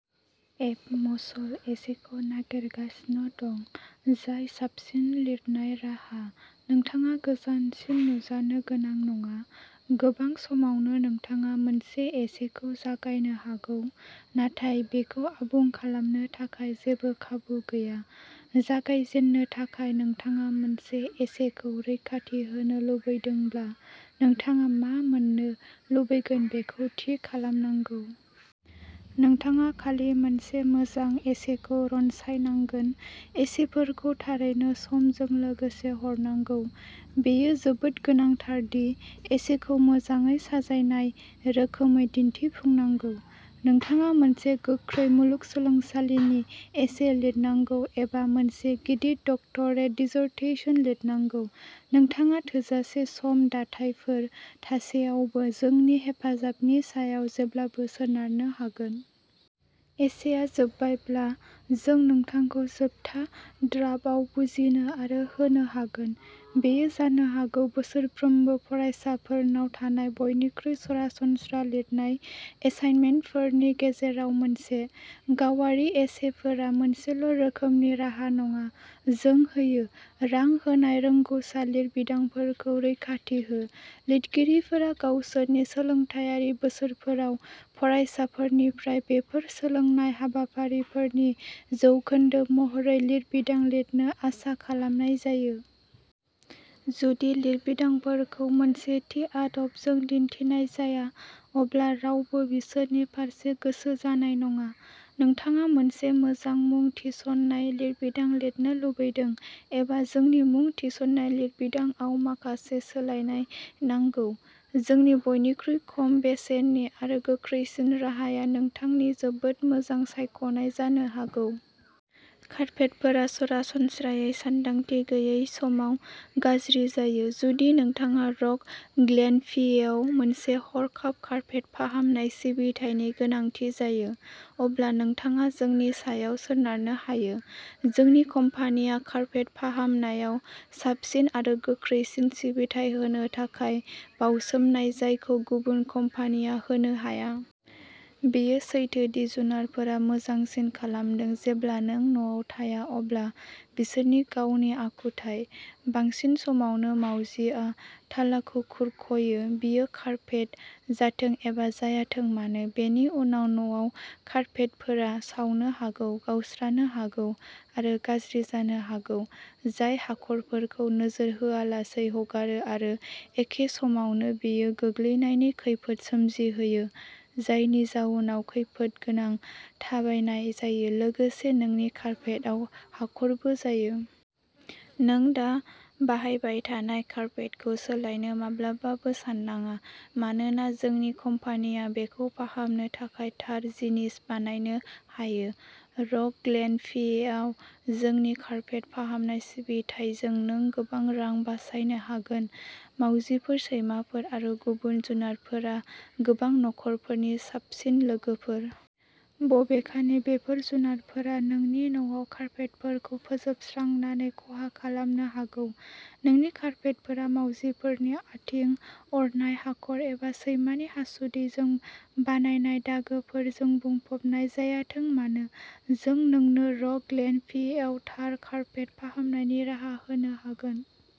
एब मसल एसेखौ नागिरगासिनो दं, जाय साबसिन लिरनाय राहा, नोंथाङा गोजानसिम नुजानो गोनां नङा। गोबां समावनो नोंथाङा मोनसे एसेखौ जागायनो हागौ, नाथाय बेखौ आबुं खालामनो थाखाय जेबो खाबु गैया। जागायजेननो थाखाय, नोंथाङा मोनसे एसेखौ रैखाथि होनो लुबैदोंब्ला, नोंथाङा मा मोन्नो लुबैगोन बेखौ थि खालामनांगौ। नोंथाङा खालि मोनसे मोजां एसेखौ रनसायनांगोन। एसेफोरखौ थारैनो समजों लोगोसे हरनांगौ। बेयो जोबोद गोनांथार दि एसेखौ मोजाङै साजायनाय रोखोमै दिन्थिफुंनांगौ। नोंथाङा मोनसे गोख्रै मुलुगसोलोंसालिनि एसे लिरनांगौ एबा मोनसे गिदिर डक्टरेट डिसर्टेशन लिरनांगौ, नोंथाङा थोजासे सम दाथायफोर थासेयावबो जोंनि हेफाजाबनि सायाव जेब्लाबो सोनारनो हागोन। एसेआ जोबबायब्ला, जों नोंथांखौ जोबथा ड्राफ्टआव बुजिनो आरो होनो हागोन। बेयो जानो हागौ बोसोरफ्रोमबो फरायसाफोरनाव थानाय बयनिख्रुइ सरासनस्रा लिरनाय एसाइनमेन्टफोरनि गेजेराव मोनसे। गावारि एसेफोरा मोनसेल'रोखोमनि राहा नङा। जों होयो। रां होनाय रोंग'सा लिरबिदांफोरखौ रैखाथि हो, लिरगिरिफोरा गावसोरनि सोलोंथायारि बोसोरफोराव, फरायसाफोरनिफ्राय बेफोर सोलोंनाय हाबाफारिफोरनि जौखोन्दो महरै लिरबिदां लिरनो आसा खालामनाय जायो। जुदि लिरबिदांफोरखौ मोनसे थि आदबजों दिन्थिनाय जाया, अब्ला रावबो बिसोरनि फारसे गोसो जानाय नङा। नोंथाङा मोनसे मोजां मुं थिसननाय लिरबिदां लिरनो लुबैदों एबा जोंनि मुं थिसननाय लिरबिदांआव माखासे सोलायनाय नांगौ, जोंनि बयनिख्रुइ खम बेसेननि आरो गोख्रैसिन राहाया नोंथांनि जोबोद मोजां सायख'नाय जानो हागौ। कार्पेटफोरा सरासनस्रायै सानदांथि गैयै समाव गाज्रि जायो। जुदि नोंथाङा रक ग्लेन, पिएआव मोनसे हरखाब कार्पेट फाहामनाय सिबिथायनि गोनांथि जायो, अब्ला नोंथाङा जोंनि सायाव सोनारनो हायो। जोंनि कम्पानिया कार्पेट फाहामनायाव साबसिन आरो गोख्रैसिन सिबिथाइ होनो थाखाय बावसोमनाय जायखौ गुबुन कम्पानिया होनो हाया। बेयो सैथो दि जुनारफोरा मोजांसिन खालामदों। जेब्ला नों न'आव थाया अब्ला बिसोरनि गावनि आखुथाय। बांसिन समावनो, मावजिआ थालाखौ खुरख'यो, बियो कारपेट जाथों एबा जायाथों मानो। बेनि उनाव, न'आव कारपेटफोरा सावनो हागौ, गावस्रानो हागौ आरो गाज्रि जानो हागौ, जाय हाखरफोरखौ नोजोर होआलासै हगारो, आरो एखे समावनो बेयो गोग्लैनायनि खैफोद सोमजिहोयो, जायनि जाउनाव खैफोदगोनां थाबायनाय जायो, लोगोसे नोंनि कारपेटआव हाखरबो जायो। नों दा बाहायबाय थानाय कारपेटखौ सोलायनो माब्लाबाबो साननाङा मानोना जोंनि कम्पानिया बेखौ फाहामनो थाखाय थार जिनिस बानायनो हायो। रक ग्लेन, पिएआव जोंनि कारपेट फाहामनाय सिबिथाइजों नों गोबां रां बासायनो हागोन। मावजिफोर, सैमाफोर आरो गुबुन जुनारफोरा गोबां नखरफोरनि साबसिन लोगोफोर। बबेखानि बेफोर जुनारफोरा नोंनि न'आव कारपेटफोरखौ फोजोबस्रांनानै खहा खालामनो हागौ। नोंनि कारपेटफोरा मावजिफोरनि आथिं, अरनाय हाखर एबा सैमानि हासुदैजों बानायनाय दागोफोरजों बुंफबनाय जायाथों मानो, जों नोंनो रक ग्लेन, पिएआव थार कारपेट फाहामनायनि राहा होनो हागोन।